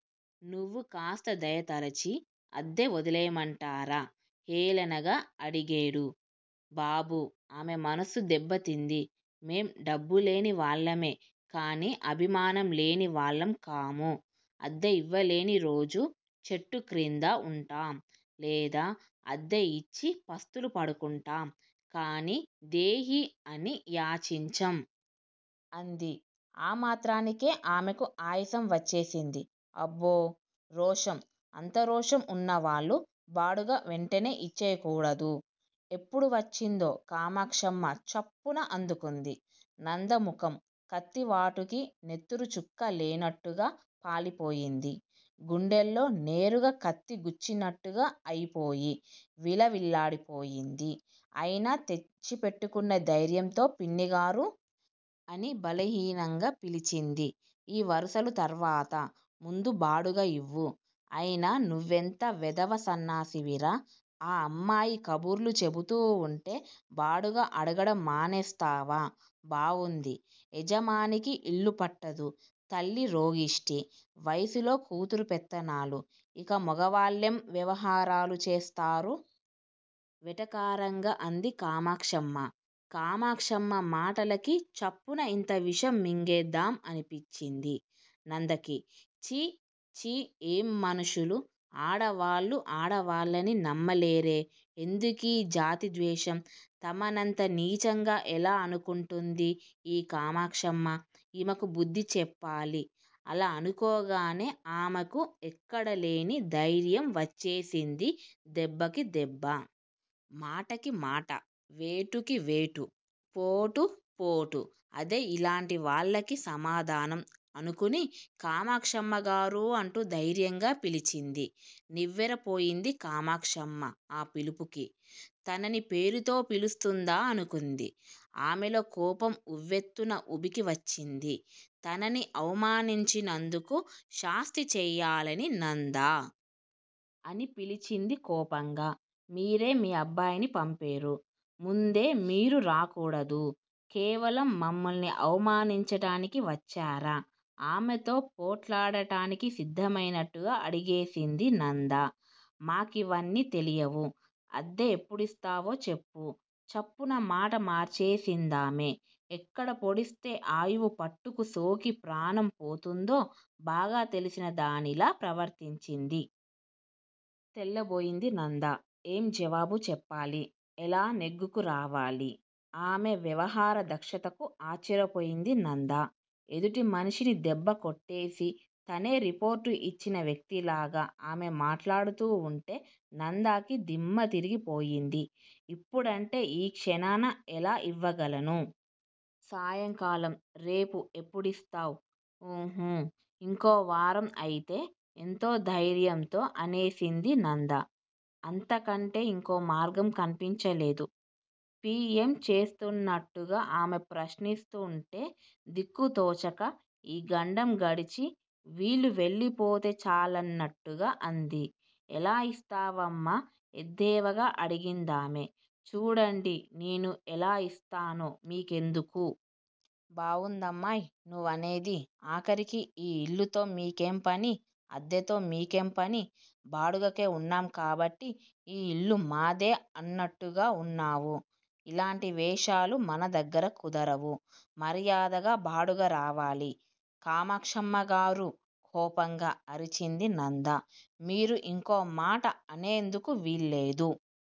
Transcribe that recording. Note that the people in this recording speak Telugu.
నువ్వు కాస్త దయతలచి- అద్దె వదిలెయ్యమంటారా! హేళనగా అడిగేడు. బాబూ ఆమె మనస్సు దెబ్బతింది. మేం డబ్బులేని వాళ్ళమే కానీ అభిమానం లేని వాళ్ళం కాము. అద్దె ఇవ్వలేని రోజు చెట్టు క్రింద ఉంటాం. లేదా అద్దె ఇచ్చి పస్తులు పడుకుంటాం. కానీ దేహీ అని యాచించం! అంది. ఆ మాత్రానికే ఆమెకి ఆయాసం వచ్చేసింది. అబ్బో! రోషం! అంత రోషం వున్నవాళ్ళు బాడుగ వెంటనే ఇచ్చెయ్యకూడదూ! ఎప్పుడు వచ్చిందో కామాక్షమ్మ చప్పున అందుకుంది. నంద ముఖం కత్తి వాటుకి నెత్తురు చుక్క లేనట్టుగా పాలిపోయింది! గుండెల్లో నేరుగా కత్తి గుచ్చినట్టుగా అయిపోయి, విలవిల్లాడిపోయింది అయినా తెచ్చిపెట్టుకున్న ధైర్యంతో పిన్నిగారూ! అని బలహీనంగా పిలిచింది. ఈ వరుసలు తరువాత! ముందు బాడుగ ఇవ్వు! అయినా నువ్వెంత వెధవ సన్నాసివిరా! ఆ అమ్మాయి కబుర్లు చెబుతూ వుంటే బాడుగ అడగడం మానేస్తావా? బావుంది! యజమానికి ఇల్లు పట్టదు. తల్లి రోగిష్టి! వయసులో కూతురు పెత్తనాలు! ఇక మగవాళ్ళేం వ్యవహారాలు చేస్తారు! వెటకారంగా అంది కామాక్షమ్మ. కామాక్షమ్మ మాటలకి చప్పున ఇంత విషం మింగేద్దాం అనిపించింది నందకి. ఛీ! ఛీ! ఏం మనుషులు! ఆడవాళ్ళు ఆడవాళ్ళని నమ్మలేరే! ఎందుకీ జాతి ద్వేషం! తమనంత నీచంగా ఎలా అనుకుంటుంది ఈ కామాక్షమ్మ. ఈమెకి బుద్ది చెప్పాలి! అలా అనుకోగానే ఆమెకి ఎక్కడలేని ధైర్యం వచ్చేసింది దెబ్బకి దెబ్బ! మాటకి మాట! వేటుకి వేటు! పోటు పోటు! అదే యిలాంటి వాళ్ళకి సమాధానం అనుకుని కామాక్షమ్మగారూ అంటూ ధైర్యంగా పిలిచింది. నివ్వెరపోయింది కామాక్షమ్మ ఆ పిలుపుకి. తనని పేరుతో పిలుస్తుందా అనుకుంది. ఆమెలో కోపం ఉవ్వెత్తున ఉబికి వచ్చింది. తనని అవమానించినందుకు శాస్తి చేయాలని నందా! అని పిలిచింది కోపంగా. మీరే మీ అబ్బాయిని పంపేరు. ముందే మీరు రాకూడదూ? కేవలం మమ్మల్ని అవమానించటానికి వచ్చారా? ఆమెతో పోట్లాడటానికి సిద్దమైనట్టుగా అడిగేసింది నంద. మాకీవన్ని తెలియవు? అద్దె ఎప్పుడిస్తావో చెప్పు! చప్పున మాట మార్చేసిందామె. ఎక్కడ పొడిస్తే ఆయువు పట్టుకి సోకి ప్రాణం పోతుందో బాగా తెలిసిన దానిలా ప్రవర్తించింది. తెల్లబోయింది నంద! ఏం జవాబు చెప్పాలి! ఎలా నెగ్గుకు రావాలి? ఆమె వ్యవహార దక్షతకి ఆశ్చర్యపోయింది నంద! ఎదుటి మనిషిని దెబ్బ కొట్టేసి తనే రిపోర్టు ఇచ్చిన వ్యక్తిలాగా ఆమె మాట్లాడుతూ వుంటే నందకి దిమ్మ తిరిగి పోయింది. ఇప్పుడంటే ఈ క్షణాన ఎలా ఇవ్వగలను? సాయంకాలం- రేపు ఎప్పుడిస్తావ్? ఊహూ! ఇంకో వారం అయితే! ఏదో ధైర్యంతో అనేసింది నంద. అంతకంటే యింకోమార్గం కన్పించలేదు. పి. యం. చేస్తోన్నట్టుగా ఆమె ప్రశ్నిస్తోవుంటే దిక్కుతోచక, ఈ గండం గడిచి వీళ్ళు వెళ్ళిపోతే చాలన్నట్టుగా అంది. ఎలా ఇస్తావమ్మా! ఎద్దేవాగా అడిగిందామె. చూడండి! నేను ఎలా ఇస్తానో మీకెందుకు? బావుందమ్మోయ్! నువ్వనేది ఆఖరికి ఈ ఇల్లుతో మీకేం పని? అద్దెతో మీకేం పని? బాడుగకే ఉన్నాం కాబట్టి ఈ ఇల్లు మాదే అన్నట్టుగా వున్నావు. ఇలాంటి వేషాలు మన దగ్గర కుదరవు. మర్యాదగా బాడుగ రావాలి! కామాక్షమ్మగారూ! కోపంగా అరిచింది నంద! మీరు ఇంకో మాట అనేందుకు వీల్లేదు.